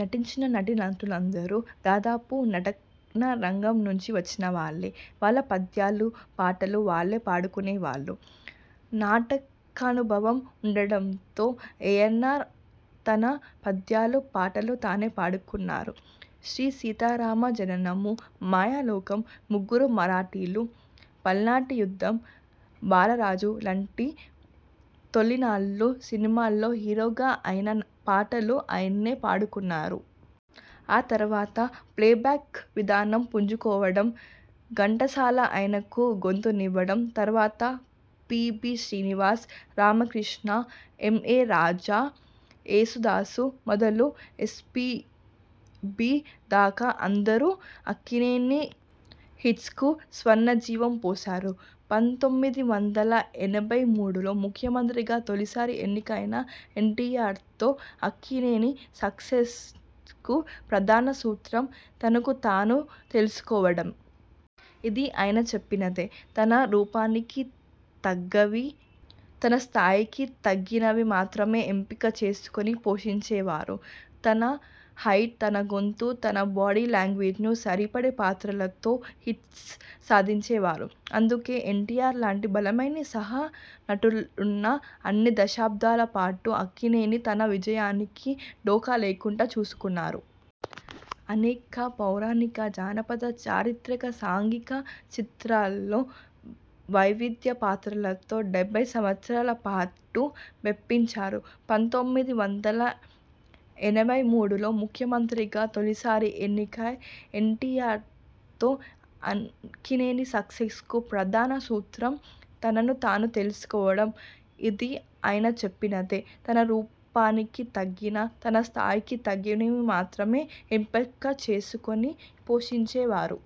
నటించిన నటీ నటులందరూ దాదాపు నాటక రంగం నుంచి వచ్చినవాళ్ళే. వాళ్ళ పద్యాలు, పాటలు వాళ్ళే పాడుకొనేవారు. నాటకానుభవం ఉండడంతో, ఏయన్నార్ తన పద్యాలు, పాటలు తానే పాడుకున్నారు. 'శ్రీసీతారామ జననము, మాయలోకం, ముగ్గురు మరాఠీలు, పల్నాటి యుద్ధం, బాలరాజు' లాంటి తొలినాళ్ళ సినిమాల్లో హీరోగా ఆయన పాటలు ఆయనే పాడుకున్నారు. ఆ తరువాత ప్లే బ్యాక్ విధానం పుంజుకోవడంతో, ఘంటసాల ఆయనకు గొంతునిచ్చారు. తరువాత P. B. Srinivas, Ramakrishna, A. M. Raja, Yesudas మొదలు ఎస్పీబీ దాకా అందరూ అక్కినేని హిట్స్కు స్వర జీవం పోశారు. పంతొమ్మిది వందల ఎనభై మూడులో ముఖ్యమంత్రిగా తొలిసారి ఎన్నికైన ఎన్టీయార్తో అక్కినేని సక్సె్సకు ప్రధాన సూత్రం 'తనను తాను తెలుసుకోవడం'. ఇది ఆయన చెప్పినదే! తన రూపానికి తగ్గవి, తన స్థాయికి తగ్గనివి మాత్రమే ఎంపిక చేసుకొని పోషించేవారు. తన హైట్, తన గొంతు, తన బాడీ లాంగ్వేజ్కి సరిపడే పాత్రలతో హిట్స్ సాధించేవారు. అందుకే ఎన్టీయార్ లాంటి బలమైన సహ నటుడున్నా, అన్ని దశాబ్దాల పాటు అక్కినేని తన విజయానికి ఢోకా లేకుండా చూసుకున్నారు. అనేక పౌరాణిక, జానపద, చారిత్రక, సాంఘిక చిత్రాల్లో వైవిధ్య పాత్రలతో డెబ్బై సంవత్సరాల పాటు మెప్పించారు. పంతొమ్మిది వందల ఎనభై మూడులో ముఖ్యమంత్రిగా తొలిసారి ఎన్నికైన ఎన్టీయార్తో అక్కినేని సక్సెస్కు ప్రధాన సూత్రం 'తనను తాను తెలుసుకోవడం'. ఇది ఆయన చెప్పినదే! తన రూపానికి తగ్గవి, తన స్థాయికి తగ్గనివి మాత్రమే ఎంపిక చేసుకొని పోషించేవారు.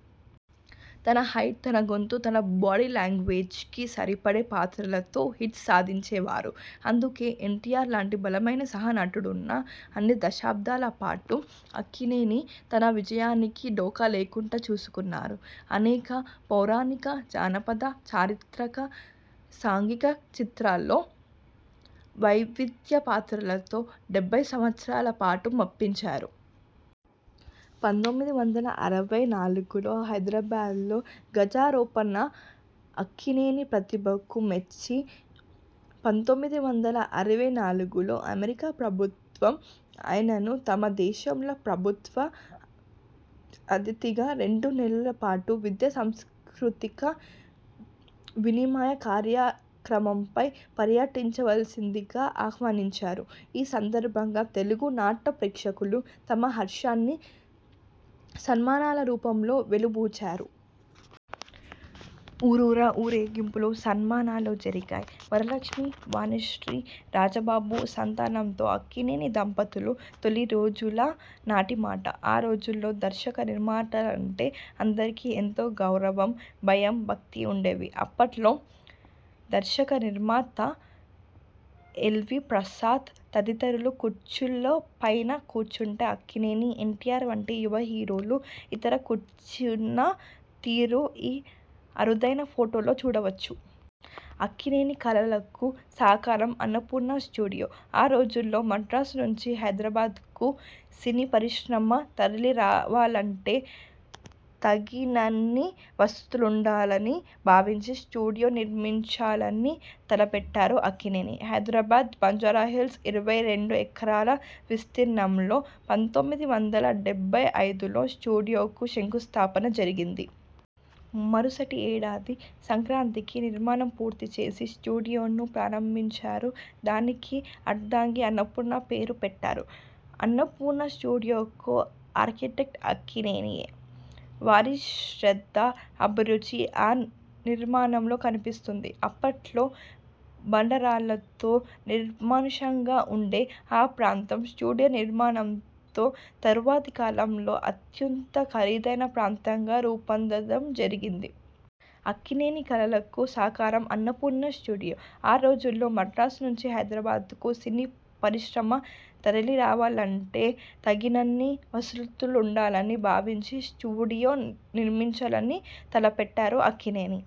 తన హైట్, తన గొంతు, తన బాడీ లాంగ్వేజ్కి సరిపడే పాత్రలతో హిట్స్ సాధించేవారు. అందుకే ఎన్టీయార్ లాంటి బలమైన సహ నటుడున్నా, అన్ని దశాబ్దాల పాటు అక్కినేని తన విజయానికి ఢోకా లేకుండా చూసుకున్నారు. అనేక పౌరాణిక, జానపద, చారిత్రక, సాంఘిక చిత్రాల్లో వైవిధ్య పాత్రలతో డెబ్బై సంవత్సరాల పాటు మెప్పించారు. పంతొమ్మిది వందల అరవై నాలుగులో హైదరాబాద్లో గజారోహణం అక్కినేని ప్రతిభకు మెచ్చి, పంతొమ్మిది వందల అరవై నాలుగులో అమెరికా ప్రభుత్వం ఆయనను తమ దేశంలో ప్రభుత్వ అతిథిగా రెండు నెలల పాటు విద్యా సాంస్కృతిక వినిమయ కార్యక్రమంపై పర్యటించాల్సిందిగా ఆహ్వానించింది. ఈ సందర్భంగా తెలుగు నాట ప్రేక్షకులు తమ హర్షాన్ని సన్మానాల రూపంలో వెలిబుచ్చారు. ఊరూరా ఊరేగింపులు, సన్మానాలు జరిగాయి. వరలక్ష్మి, వాణిశ్రీ, రాజబాబు సంతానంతో అక్కినేని దంపతులు తొలి రోజుల నాటి మాట. ఆ రోజుల్లో దర్శక, నిర్మాతలంటే అందరికీ ఎంతో గౌరవం, భయం, భక్తి ఉండేవి. అప్పట్లో దర్శక, నిర్మాత ఎల్వీ ప్రసాద్ తదితరులు కుర్చీల్లో పైన కూర్చుంటే, అక్కినేని, ఎన్టీయార్ వంటి యువ హీరోలు, ఇతర కూర్చున్న తీరు ఈ అరుదైన ఫోటోలో చూడవచ్చు. అక్కినేని కలలకు సాకారం అన్నపూర్ణ స్టూడియో ఆ రోజుల్లో మద్రాసు నుంచి హైదరాబాద్కు సినీ పరిశ్రమ తరలి రావాలంటే, తగినన్ని వసతులుండాలని భావించి, స్టూడియో నిర్మించాలని తలపెట్టారు అక్కినేని. హైదరాబాద్ బంజారాహి ల్స్ ఇరవై రెండు ఎకరాల విస్తీర్ణంలో పంతొమ్మిది వందల డెబ్బై ఐదులో స్టూడియోకు శంకుస్థాపన జరిగింది. మరుసటి ఏడాది సంక్రాంతికి నిర్మాణం పూర్తి చేసి, స్టూడియోను ప్రారంభించారు. దానికి అర్ధాంగి అన్నపూర్ణ పేరు పెట్టారు. అన్నపూర్ణా స్టూడియోకు ఆర్కిటెక్ట్ అక్కినేనే. వారి శ్రద్ధ, అభిరుచి ఆ నిర్మాణంలో కనిపిస్తుంది. అప్పట్లో బండ రాళ్ళతో, నిర్మానుష్యంగా ఉండే ఆ ప్రాంతం స్టూడియో నిర్మాణంతో, తరువాతి కాలంలో అత్యంత ఖరీదైన ప్రాంతంగా రూపాంతరం చెందింది. అక్కినేని కలలకు సాకారం అన్నపూర్ణ స్టూడియో ఆ రోజుల్లో మద్రాసు నుంచి హైదరాబాద్కు సినీపరిశ్రమ తరలి రావాలంటే, తగినన్ని వసతులుండాలని భావించి, స్టూడియో నిర్మించాలని తల పెట్టారు అక్కినేని.